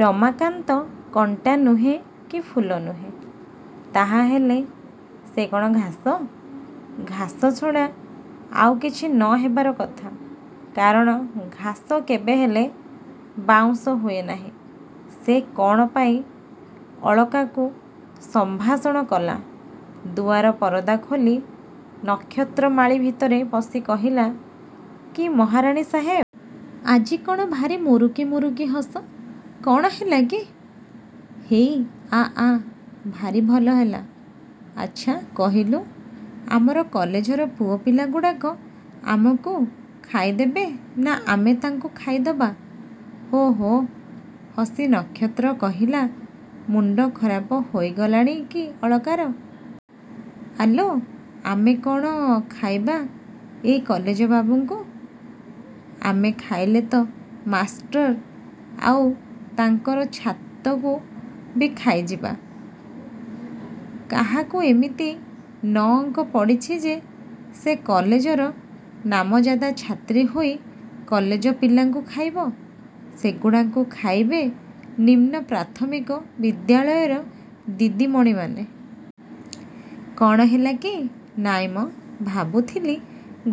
ରମାକାନ୍ତ କଣ୍ଟା ନୁହେଁ କି ଫୁଲ ନୁହେଁ। -ତାହାହେଲେ ସେ କ'ଣ ଘାସ? -ଘାସ ଛଡ଼ା ଆଉ କିଛି ନ ହେବାର କଥା। କାରଣ ଘାସ କେବେହେଲେ ବାଉଁଶ ହୁଏ ନାହିଁ। ସେ କ'ଣ ପାଇଁ ଅଳକାକୁ ସମ୍ଭାଷଣ କଲା? ଦୁଆର ପରଦା ଖୋଲି ନକ୍ଷତ୍ରମାଳୀ ଭିତରେ ପଶି କହିଲା-କି ମହାରାଣୀ ସାହେବ। ଆଜି କ'ଣ ଭାରି ମୁରୁକି ମୁରୁକି ହସ? -କ'ଣ ହେଲା କି? -ହେଇ ଆ-ଆ। ଭାରି ଭଲ ହେଲା। ଆଛା କହିଲୁ ଆମର କଲେଜର ପୁଅ ପିଲାଗୁଡ଼ାକ ଆମକୁ ଖାଇଦେବେ ନା ଆମେ ତାଙ୍କୁ ଖାଇଦବା? ହୋ ହୋ ହସି ନକ୍ଷତ୍ର କହିଲା-ମୁଣ୍ଡ ଖରାପ ହୋଇଗଲାଣି ଅଳକାର? ଆଲୋ, ଆମେ ସବୁ କ'ଣ ଖାଇବା ଏଇ କଲେଜ ବାବୁଙ୍କୁ? -ଆମେ ଖାଇଲେ ତ ମାଷ୍ଟ୍ର ଆଉ ତାଙ୍କର ଛାତକୁ ବି ଖାଇଯିବା? -କାହାକୁ ଏମିତି ନଅଙ୍କ ପଡ଼ିଛି ଯେ ସେ କଲେଜର ନାମଯାଦା ଛାତ୍ରୀ ହୋଇ କଲେଜ ପିଲାଙ୍କୁ ଖାଇବ? ସେଗୁଡ଼ାଙ୍କୁ ଖାଇବେ ନିମ୍ନ ପ୍ରାଥମିକ ବିଦ୍ୟାଳୟର ଦିଦିମଣିମାନେ। କ'ଣ ହେଲା କି? -ନାହିଁ ମ। ଭାବୁଥିଲି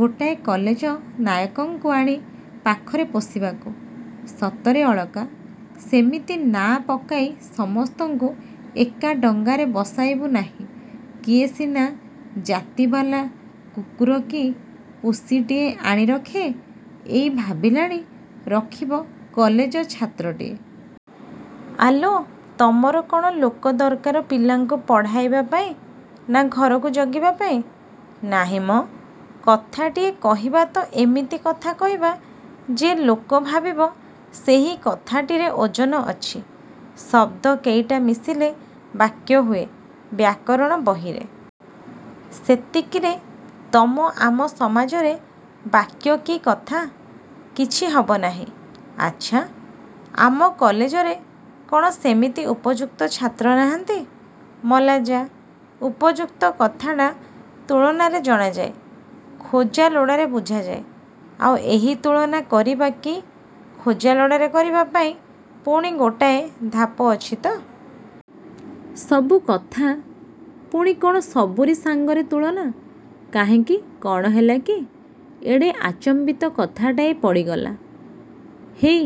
ଗୋଟାଏ କଲେଜ ନାୟକକୁ ଆଣି ପାଖରେ ପୋଷିବାକୁ। -ସତରେ ଅଳକା, ସେମିତି ନାଁ ପକାଇ ସମସ୍ତଙ୍କୁ ଏକା ଡଙ୍ଗାରେ ବସାଇବୁ ନାହିଁ। କିଏ ସିନା ଜାତିବାଲା କୁକୁର କି ପୁସିଟିଏ ଆଣି ରଖେ। ଇଏ ଭାବିଲାଣି ରଖିବ କଲେଜ ଛାତ୍ରଟିଏ-। ଆଲୋ, ତମର କ'ଣ ଲୋକ ଦରକାର ପିଲାଙ୍କୁ ପଢ଼ାଇବା ପାଇଁ ନା ଘରକୁ ଜଗିବା ପାଇଁ-? -ନାହିଁ ମ। -କଥାଟିଏ କହିବା ତ ଏମିତି କଥା କହିବା ଯେ ଲୋକ ଭାବିବ ସେଇ କଥାଟିରେ ଓଜନ ଅଛି। ଶବ୍ଦ କେଇଟା ମିଶିଲେ ବାକ୍ୟ ହୁଏ ବ୍ୟାକରଣ ବହିରେ। ସେତିକିରେ ତମ ଆମ ସମାଜରେ ବାକ୍ୟ କି କଥା, କିଛି ହବ ନାହିଁ। -ଆଛା, ଆମ କଲେଜରେ କ'ଣ ସେମିତି ଉପଯୁକ୍ତ ଛାତ୍ର ନାହାନ୍ତି? -ମଲା ଯା। ଉପଯୁକ୍ତ କଥାଟା ତୁଳନାରେ ଜଣାଯାଏ। ଖୋଜା ଲୋଡ଼ାରେ ବୁଝାଯାଏ-। ଆଉ ଏହି ତୁଳନା କରିବା କି ଖୋଜାଲୋଡ଼ାରେ କରିବା ପାଇଁ ପୁଣି ଗୋଟାଏ ଧାପ ଅଛି ତ-। ସବୁ କଥା ପୁଣି କ'ଣ ସବୁରି ସାଙ୍ଗରେ ତୁଳନା? କାହିଁକି, କଣ ହେଲାକି? ଏଡ଼େ ଆଚମ୍ୱିତ କଥାଟାଏ ପଡ଼ିଗଲା? -ହେଇ,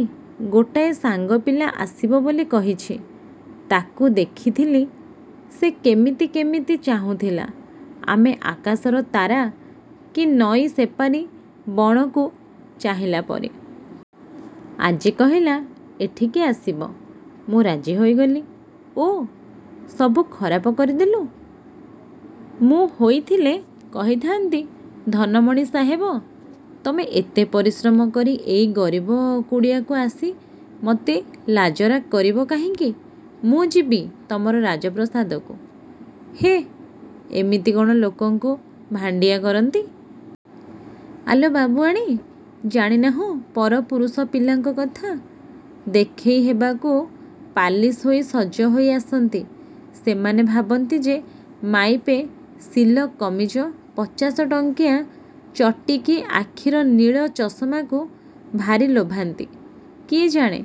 ଗୋଟାଏ ସାଙ୍ଗପିଲା ଆସିବ ବୋଲି କହିଛି। ତା'କୁ ଦେଖିଥିଲି ସେ କେମିତି କେମିତି ଚାହୁଁଥିଲା-ଆମେ ଆକାଶର ତାରା କି ନଈ ସେପାରି ବଣକୁ ଚାହିଁଲା ପରି। ଆଜି କହିଲା-ଏଠିକି ଆସିବ। ମୁଁ ରାଜି ହୋଇଗଲି। ଓଃ, ସବୁ ଖରାପ କରିଦେଲୁ। ମୁଁ ହୋଇଥିଲେ କହିଥା'ନ୍ତି-ଧନମଣି ସାହେବ, ତମେ ଏତେ ପରିଶ୍ରମ କରି ଏଇ ଗରିବ କୁଡ଼ିଆକୁ ଆସି ମତେ ଲାଜରା କରିବ କାହିଁକି? ମୁଁ ଯିବି ତମର ରାଜପ୍ରାସାଦକୁ। -ହେଃ, ଏମିତି କ'ଣ ଲୋକଙ୍କୁ ଭାଣ୍ଡିଆ କରନ୍ତି? -ଆଲୋ ବାବୁଆଣୀ। ଜାଣିନାହୁଁ ପରପୁରୁଷ ପିଲାଙ୍କ କଥା। ଦେଖେଇ ହବାକୁ ପାଲିସ୍ ହୋଇ ସଜ ହୋଇ ଆସନ୍ତି। ସେମାନେ ଭାବନ୍ତି ଯେ ମାଇପେ ସିଲକ୍ କମିଜ, ପଚାଶ ଟଙ୍କିଆ ଚଟି କି ଆଖିର ନୀଳ ଚଷମାକୁ ଭାରି ଲୋଭାନ୍ତି। -କିଏ ଜାଣେ?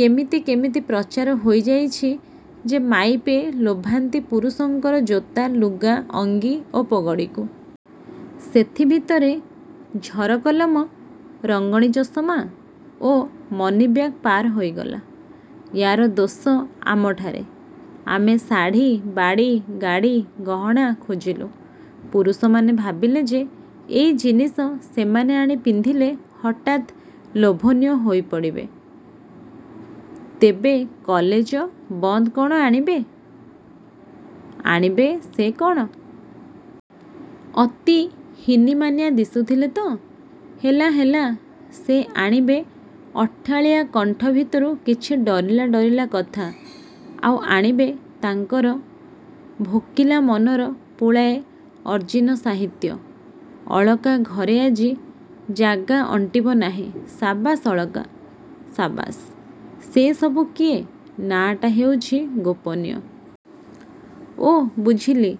କେମିତି କେମିତି ପ୍ରଚାର ହୋଇଯାଇଛି ଯେ ମାଇପେ ଲୋଭାନ୍ତି ପୁରୁଷଙ୍କର ଜୋତା, ଲୁଗା, ଅଙ୍ଗୀ ଓ ପଗଡ଼ିକୁ। ସେଥିଭିତରେ ଝରକଲମ, ରଙ୍ଗଣୀ ଚଷମା ଓ ମନିବ୍ୟାଗ ପାର ହୋଇଗଲା। -ୟା'ର ଦୋଷ ଆମଠାରେ। ଆମେ ଶାଢ଼ୀ, ବାଡ଼ି, ଗାଡ଼ି, ଗହଣା ଖୋଜିଲୁ। ପୁରୁଷମାନେ ଭାବିଲେ ଯେ, ଏଇ ଜିନିଷ ସେମାନେ ଆଣି ପିନ୍ଧିଲେ ହଠାତ୍ ଲୋଭନୀୟ ହୋଇପଡ଼ିବେ। ତେବେ କଲେଜ-ବନ୍ଧ କ'ଣ ଆଣିବେ? -ଆଣିବେ ସେ କ'ଣ? ଅତି ହୀନିମାନିଆ ଦିଶୁଥିଲେ ତ। -ହେଲା-ହେଲା ସେ ଆଣିବେ ଅଠାଳିଆ କଣ୍ଠ ଭିତରୁ କିଛି ଡରିଲା ଡରିଲା କଥା ଆଉ ଆଣିବେ ତାଙ୍କର ଭୋକିଲା ମନର ପୁଳାଏ ଅଜୀର୍ଣ୍ଣ ସାହିତ୍ୟ ଅଳକା ଘରେ ଆଜି ଜାଗା ଅଣ୍ଟିବ ନାହିଁ। ସାବାସ୍-ଅଳକା-ସାବାସ୍। ସେ ସବୁ କିଏ? -ନାଁ ଟା ହେଉଛି ଗୋପନୀୟ। -ଓଃ, ବୁଝିଲି।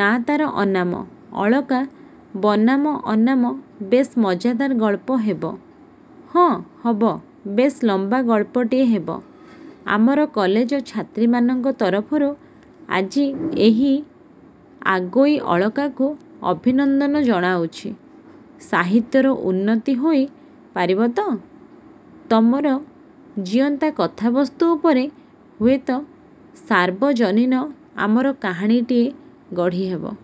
ନାଁ ତାର ଅନାମ। ଅଳକା ବନାମ ଅନାମ-ବେଶ୍ ମଜ୍ଜାଦାର ଗଳ୍ପ ହେବ। -ହଁ, ହବ, ବେଶ୍ ଲମ୍ୱା ଗଳ୍ପଟିଏ ହେବ। -ଆମର କଲେଜ ଛାତ୍ରୀମାନଙ୍କ ତରଫରୁ ଆଜି ଏହି ଆଗୋଇ ଅଳକାକୁ ଅଭିନନ୍ଦନ ଜଣାଉଛି। ସାହିତ୍ୟର ଉନ୍ନତି ହୋଇ ପାରିବ ତ। ତମର ଜୀଅନ୍ତା କଥାବସ୍ତୁ ଉପରେ ହୁଏତ ସାର୍ବଜନୀନ ଅମର କାହାଣୀଟିଏ ଗଢ଼ି ହେବ।